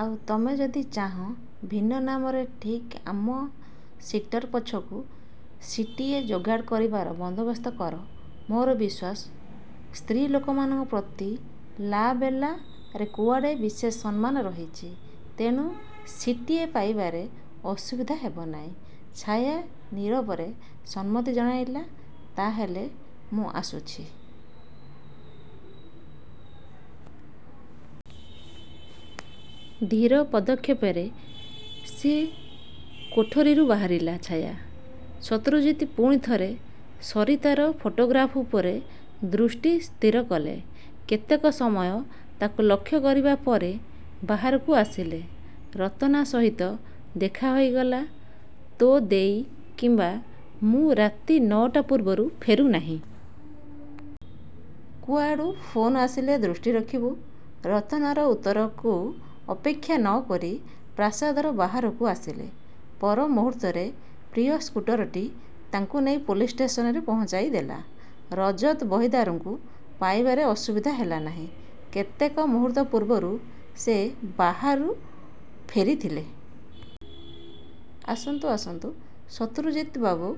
ଆଉ ତମେ ଯଦି ଚାହଁ, ଭିନ୍ନ ନାମରେ ଠିକ ଆମ ସିଟର ପଛକୁ ସିଟ୍ଟିଏ ଯୋଗାଡ଼ କରିବାର ବନ୍ଦୋବସ୍ତ କର। ମୋର ବିଶ୍ୱାସ, ସ୍ତ୍ରୀ ଲୋକମାନଙ୍କ ପ୍ରତି 'ଲା-ବେଲା'ରେ କୁଆଡ଼େ ବିଶେଷ ସମ୍ମାନ ରହିଛି। ତେଣୁ ସିଟ୍ଟିଏ ପାଇବାରେ ଅସୁବିଧା ହେବ ନାହିଁ। ଛାୟା ନୀରବରେ ସମ୍ମତି ଜଣେଇଲା ତା ହେଲେ ମୁଁ ଆସୁଛି। ଧୀର ପଦକ୍ଷେପରେ ସେ କୋଠରିରୁ ବାହାରିଗଲା ଛାୟା। ଶତ୍ରୁଜିତ୍ ପୁଣି ଥରେ ସରିତାର ଫଟୋଗ୍ରାଫ୍ ଉପରେ ଦୃଷ୍ଟି ସ୍ଥିର କଲେ। କେତେକ ସମୟ ତାକୁ ଲକ୍ଷ୍ୟ କରିବା ପରେ ବାହାରକୁ ଆସିଲେ। ରତନା ସହିତ ଦେଖା ହେଇଗଲା। ତୋ ଦେଈ କିମ୍ୱା ମୁଁ ରାତି ନଅଟା ପୂର୍ବରୁ ଫେରୁନାହୁଁ। କୁଆଡ଼ୁ ଫୋନ୍ ଆସିଲେ ଦୃଷ୍ଟି ରଖିବୁ। ରତନାର ଉତ୍ତରକୁ ଅପେକ୍ଷା ନ କରି ପ୍ରାସାଦର ବାହାରକୁ। ଆସିଲେ। ପର ମୁହୂର୍ତ୍ତରେ ପ୍ରିୟ ସ୍କୁଟରଟି ତାଙ୍କୁ ନେଇ ପୋଲିସ ଷ୍ଟେସନରେ ପହଞ୍ଚାଇଦେଲା। ରଜତ ବହିଦାରଙ୍କୁ ପାଇବାରେ ଅସୁବିଧା ହେଲା ନାହିଁ। କେତେକ ମୁହୂର୍ତ୍ତ ପୂର୍ବରୁ ସେ ବାହାରୁ ଫେରିଥିଲେ। ଆସନ୍ତୁ, ଆସନ୍ତୁ ଶତ୍ରୁଜିତ୍ବାବୁ,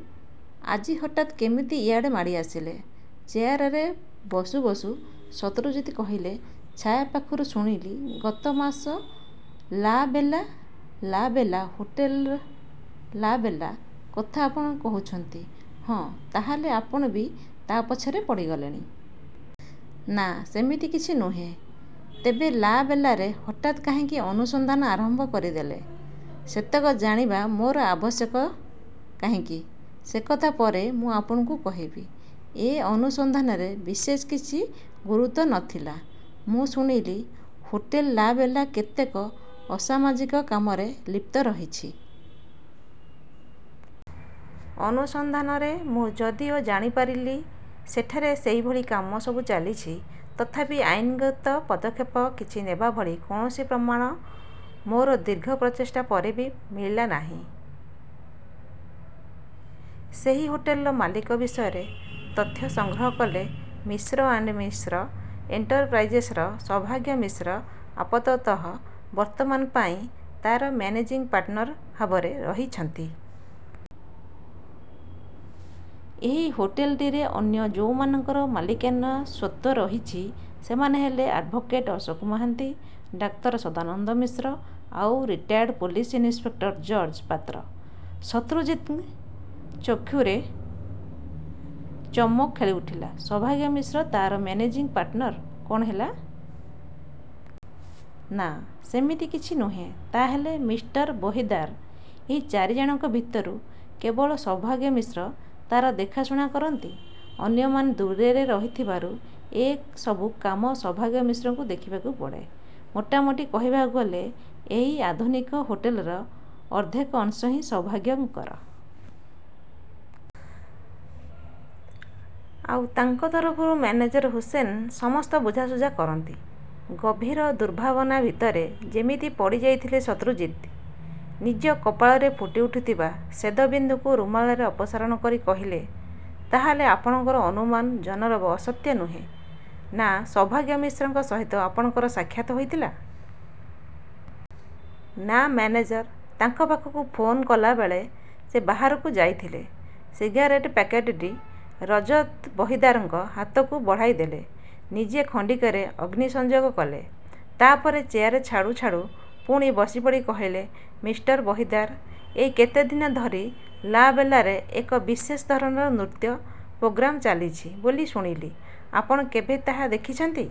ଆଜି ହଠାତ୍ କେମିତି ଏଆଡ଼େ ମାଡ଼ିଆସିଲେ? ଚେୟାରରେ ବସୁ ବସୁ ଶତ୍ରୁଜିତ୍ କହିଲେ, ଛାୟା ପାଖରୁ ଶୁଣିଲି ଗତ ମାସ 'ଲା-ବେଲା' 'ଲା-ବେଲା' ହୋଟେଲ 'ଲା-ବେଲା' କଥା ଆପଣ କହୁଛନ୍ତି? ହଁ। ତା' ହେଲେ ଆପଣ ବି ତା ପଛରେ ପଡ଼ିଗଲେଣି? ନା, ସିମିତି କିଛି ନୁହେଁ। ତେବେ 'ଲା-ବେଲା'ରେ ହଠାତ୍ କାହିଁକି ଅନୁସନ୍ଧାନ ଆରମ୍ଭ କରିଦେଲେ ସେତକ ଜାଣିବା ମୋର ଅବଶ୍ୟ। କାହିଁକି? ସେକଥା ପରେ ମୁଁ ଆପଣଙ୍କୁ କହିବି। ଏ ଅନୁସନ୍ଧାନରେ ବିଶେଷ କିଛି ଗୁରୁତ୍ୱ ନ ଥିଲା। ମୁଁ ଶୁଣିଲି, ହୋଟେଲ 'ଲା-ବେଲା' କେତେକ ଅସାମାଜିକ କାମରେ ଲିପ୍ତ ରହିଛି। ଅନୁସନ୍ଧାନରେ ମୁଁ ଯଦିଓ ଜାଣିପାରିଲି ସେଠାରେ ସେଇଭଳି କାମସବୁ ଚାଲିଛି, ତଥାପି ଆଇନଗତ ପଦକ୍ଷେପ କିଛି ନେବାଭଳି କୌଣସି ପ୍ରମାଣ ମୋର ଦୀର୍ଘ ପ୍ରଚେଷ୍ଟା ପରେ ବି ମିଳିଲା ନାହିଁ। ସେହି ହୋଟେଲର ମାଲିକ ବିଷୟରେ ତଥ୍ୟ ସଂଗ୍ରହ କଲେ । ମିଶ୍ର ଏଣ୍ତ ମିଶ୍ର ଏଣ୍ଟରପ୍ରାଇଜର୍ସର ସୌଭାଗ୍ୟ ମିଶ୍ର ଆପାତତଃ ବର୍ତ୍ତମାନ ପାଇଁ ତା'ର ମେନେଜିଂ ପାର୍ଟନର ଭାବରେ ରହିଛନ୍ତି। ଏହି ହୋଟେଲଟିରେ ଅନ୍ୟ ଯୋଉମାନଙ୍କର ମାଲିକାନା ସ୍ୱତ୍ୱ ରହିଛି ସେମାନେ ହେଲେ ଆଡ୍ଭୋକେଟ ଅଶୋକ ମହାନ୍ତି, ଡାକ୍ତର ସଦାନନ୍ଦ ମିଶ୍ର ଆଉ retired police inspector George Patra. ଶତ୍ରୁଜିତ୍ଙ୍କ ଚକ୍ଷୁରେ ଚମକ ଖେଳିଉଠିଲା ,ସୌଭାଗ୍ୟ ମିଶ୍ର ତା'ର ମେନେଜିଂ ପାର୍ଟନର! କ'ଣ ହେଲା? ନା, ସେମିତି କିଛି ନୁହେଁ। ତା' ହେଲେ ମିଷ୍ଟର ବହିଦାର, ଏଇ ଚାରିଜଣଙ୍କ ଭିତରୁ କେବଳ ସୌଭାଗ୍ୟ ମିଶ୍ର ତା'ର ଦେଖାଶୁଣା କରନ୍ତି। ଅନ୍ୟମାନେ ଦୂରରେ ରହୁଥିବାରୁ ଏ ସବୁ କାମ ସୌଭାଗ୍ୟ ମିଶ୍ରଙ୍କୁ ଦେଖିବାକୁ ପଡ଼େ। ମୋଟାମୋଟି କହିବାକୁ ଗଲେ ଏହି ଆଧୁନିକ ହୋଟେଲର ଅର୍ଦ୍ଧେକ ଅଂଶ ହିଁ ସୌଭାଗ୍ୟଙ୍କର। ଆଉ ତାଙ୍କ ତରଫରୁ ମେନେଜର ହୁସେନ ସମସ୍ତ ବୁଝାସୁଝା କରନ୍ତି। ଗଭୀର ଦୁର୍ଭାବନା ଭିତରେ ଯେମିତି ପଡ଼ିଯାଇଥିଲେ ଶତ୍ରୁଜିତ୍। ନିଜ କପାଳରେ ଫୁଟିଉଠୁଥିବା ସ୍ୱେଦବିନ୍ଦୁକୁ ରୁମାଲରେ ଅପସାରଣ କରି କହିଲେ ,ତା'ହେଲେ ଆପଣଙ୍କର ଅନୁମାନ ଜନରବ ଅସତ୍ୟ ନୁହେଁ? ନା ସୌଭାଗ୍ୟ ମିଶ୍ରଙ୍କ ସହିତ ଆପଣଙ୍କର ସାକ୍ଷାତ୍ ହେଇଥିଲା? ନା, ମେନେଜର ତାଙ୍କ ପାଖକୁ ଫୋନ୍ କଲାବେଳେ ସେ ବାହାରକୁ ଯାଇଥିଲେ। ସିଗାରେଟ ପ୍ୟାକେଟଟି ରଜତ ବହିଦାରଙ୍କ ହାତକୁ ବଢ଼ାଇଦେଇ ନିଜେ ଖଣ୍ତିକରେ ଅଗ୍ନି ସଂଯୋଗ କଲେ। ତା' ପରେ ଚେୟାର ଛାଡ଼ୁ ଛାଡ଼ୁ ପୁଣି ବସିପଡ଼ି କହିଲେ ମିଷ୍ଟର ବହିଦାର, ଏଇ କେତେଦିନ ଧରି 'ଲା-ବେଲା'ରେ ଏକ ବିଶେଷ ଧରଣର ନୃତ୍ୟ ପ୍ରୋଗ୍ରାମ ଚାଲିଛି ବୋଲି ଶୁଣିଲି। ଆପଣ କେବେ ତାହା ଦେଖିଛନ୍ତି?